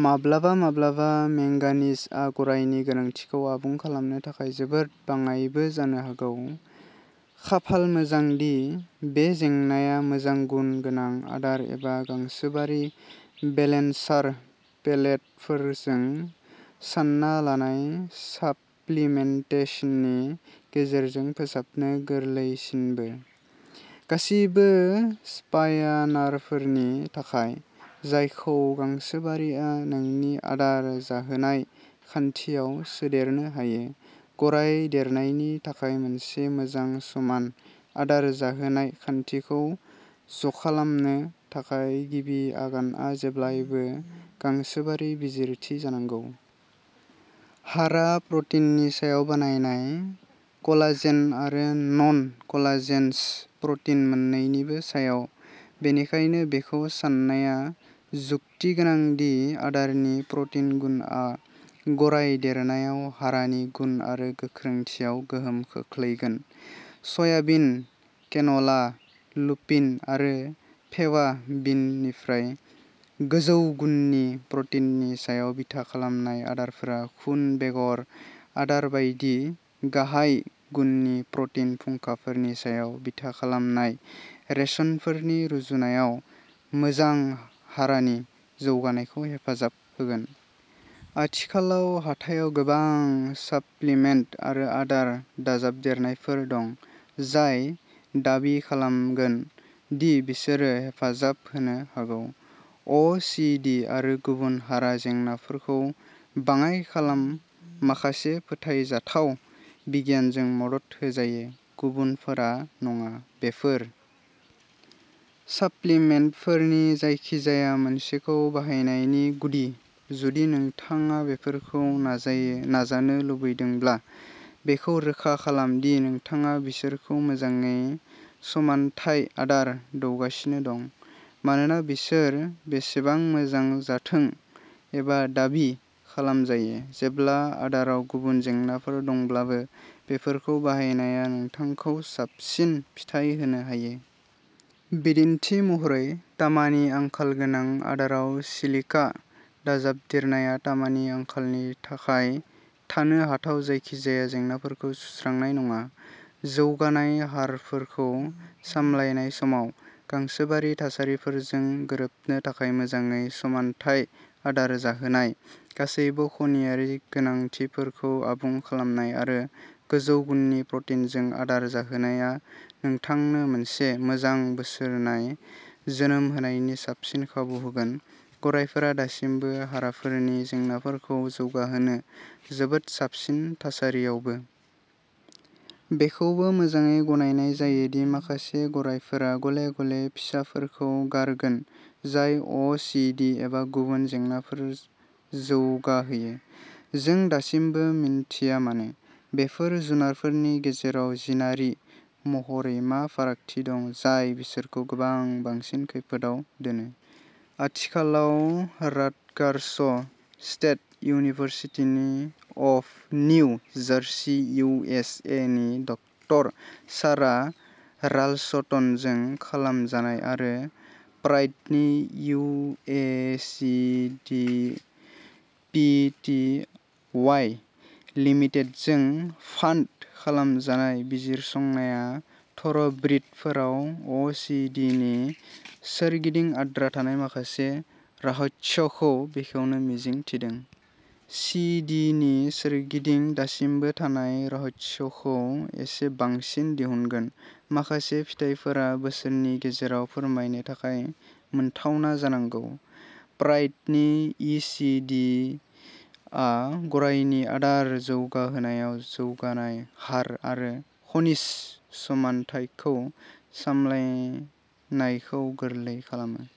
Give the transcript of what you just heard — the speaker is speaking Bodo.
माब्लाबा-माब्लाबा मेंगानिजआ गरायनि गोनांथिखौ आबुं खालामनो थाखाय जोबोद बाङाइबो जानो हागौ। खाफाल मोजां दि बे जेंनाया मोजां गुन गोनां आदार एबा गांसोबारि बेलेन्सार पेलेटफोरजों सानना लानाय साप्लिमेन्टेसननि गेजेरजों फोसाबनो गोरलैसिनबो। गासिबो स्प्यानारफोरनि थाखाय, जायखौ गांसोबारिआ नोंनि आदार जाहोनाय खान्थियाव सोदेरनो हायो, गराय देरनायनि थाखाय मोनसे मोजां समान आदार जाहोनाय खान्थिखौ ज'खालामनो थाखाय गिबि आगानआ जेब्लाबो गांसोबारि बिजिरथि जानांगौ। हारा प्रटिननि सायाव बानायनाय, कलाजेन आरो नन-कलाजेनस प्रटिन मोन्नैनिबो सायाव, बेनिखायनो बेखौ सान्नाया जुक्तिगोनां दि आदारनि प्रटिन गुनआ गराय देरनायाव हारानि गुन आरो गोख्रोंथियाव गोहोम खोख्लैगोन। सयाबिन, केन'ला, लुपिन आरो फेबा बिननिफ्राय गोजौ गुननि प्रटिननि सायाव बिथा खालामनाय आदारफोरा खुन बेगर आदार बायदि गाहाय गुननि प्रटिन फुंखाफोरनि सायाव बिथा खालामनाय रेशनफोरनि रुजुनायाव मोजां हारानि जौगानायखौ हेफाजाब होगोन। आथिखालाव हाथायाव गोबां साप्लिमेन्ट आरो आदार दाजाबदेरनायफोर दं, जाय दाबि खालामगोन दि बिसोरो हेफाजाब होनो हागौ। अ सि डि आरो गुबुन हारा जेंनाफोरखौ बाङाय खालाम माखासे फोथायजाथाव बिगियानजों मदद होजायो, गुबुनफोरा नङा। बेफोर -- साप्लिमेन्टफोरनि जायखिजाया मोनसेखौ बाहायनायनि गुदि, जुदि नोंथाङा बेफोरखौ नाजायो नाजानो लुबैदोंब्ला, बेखौ रोखा खालाम दि नोंथाङा बिसोरखौ मोजाङै समानथाय आदार दौगासिनो दं, मानोना बिसोर बेसेबां मोजां जाथों एबा दाबि खालामजायो, जेब्ला आदाराव गुबुन जेंनाफोर दंब्लाबो बेफोरखौ बाहायनाया नोंथांखौ साबसिन फिथाय होनो हायो। बिदिन्थि महरै, तामानि आंखाल गोनां आदाराव सिलिका दाजाबदेरनाया तामानि आंखालनि थाखाय थानो हाथाव जायखिजाया जेंनाफोरखौ सुस्रांनाय नङा। जौगानाय हारफोरखौ सामलायनाय समाव, गांसोबारि थासारिफोरजों गोरोबनो थाखाय मोजाङै समानथाय आदार जाहोनाय, गासैबो खनियारि गोनांथिफोरखौ आबुं खालामनाय आरो गोजौ गुननि प्रटिनजों आदार जाहोनायआ नोंथांनो मोनसे मोजां बोसोरनाय जोनोम होनायनि साबसिन खाबु होगोन, गरायफोरा दासिमबो हाराफोरनि जेंनाफोरखौ जौगाहोगोन, जोबोद साबसिन थासारियावबो। बेखौबो मोजाङै गनायनाय जायो दि माखासे गरायफोरा गले-गले फिसाफोरखौ गारगोन जाय अ सि डि एबा गुबुन जेंनाफोर जौगाहोयो। जों दासिमबो मिन्थिया मानो, बेफोर जुनारफोरनि गेजेराव जिनारि महरै मा फारागथि दं जाय बिसोरखौ गोबां बांसिन खैफोदआव दोनो? आथिखालाव Rutgers, State University of New Jersey U S A नि डकटर सारा राल्स्टनजों खालाम जानाय आरो प्राइडनि E A C feed P T Y लिमिटेडजों फान्ड खालामजानाय बिजिरसंनाया थ'र'ब्रिदफोराव अ सि डि नि सोरगिदिं आद्रा थानाय माखासे रहस्यखौ बेखेवनो मिजिं थिदों। सि डि नि सोरगिदिं दासिमबो थानाय रहस्यखौ एसे बांसिन दिहुनगोन। माखासे फिथायफोरा बोसोरनि गेजेराव फोरमायनो थाखाय मोनथावना जानांगौ। प्राइडनि इ सि डि आ गरायनि आदार जौगाहोनायाव जौगानाय हार आरो खनिज समानथायखौ सामलायनायखौ गोरलै खालामो।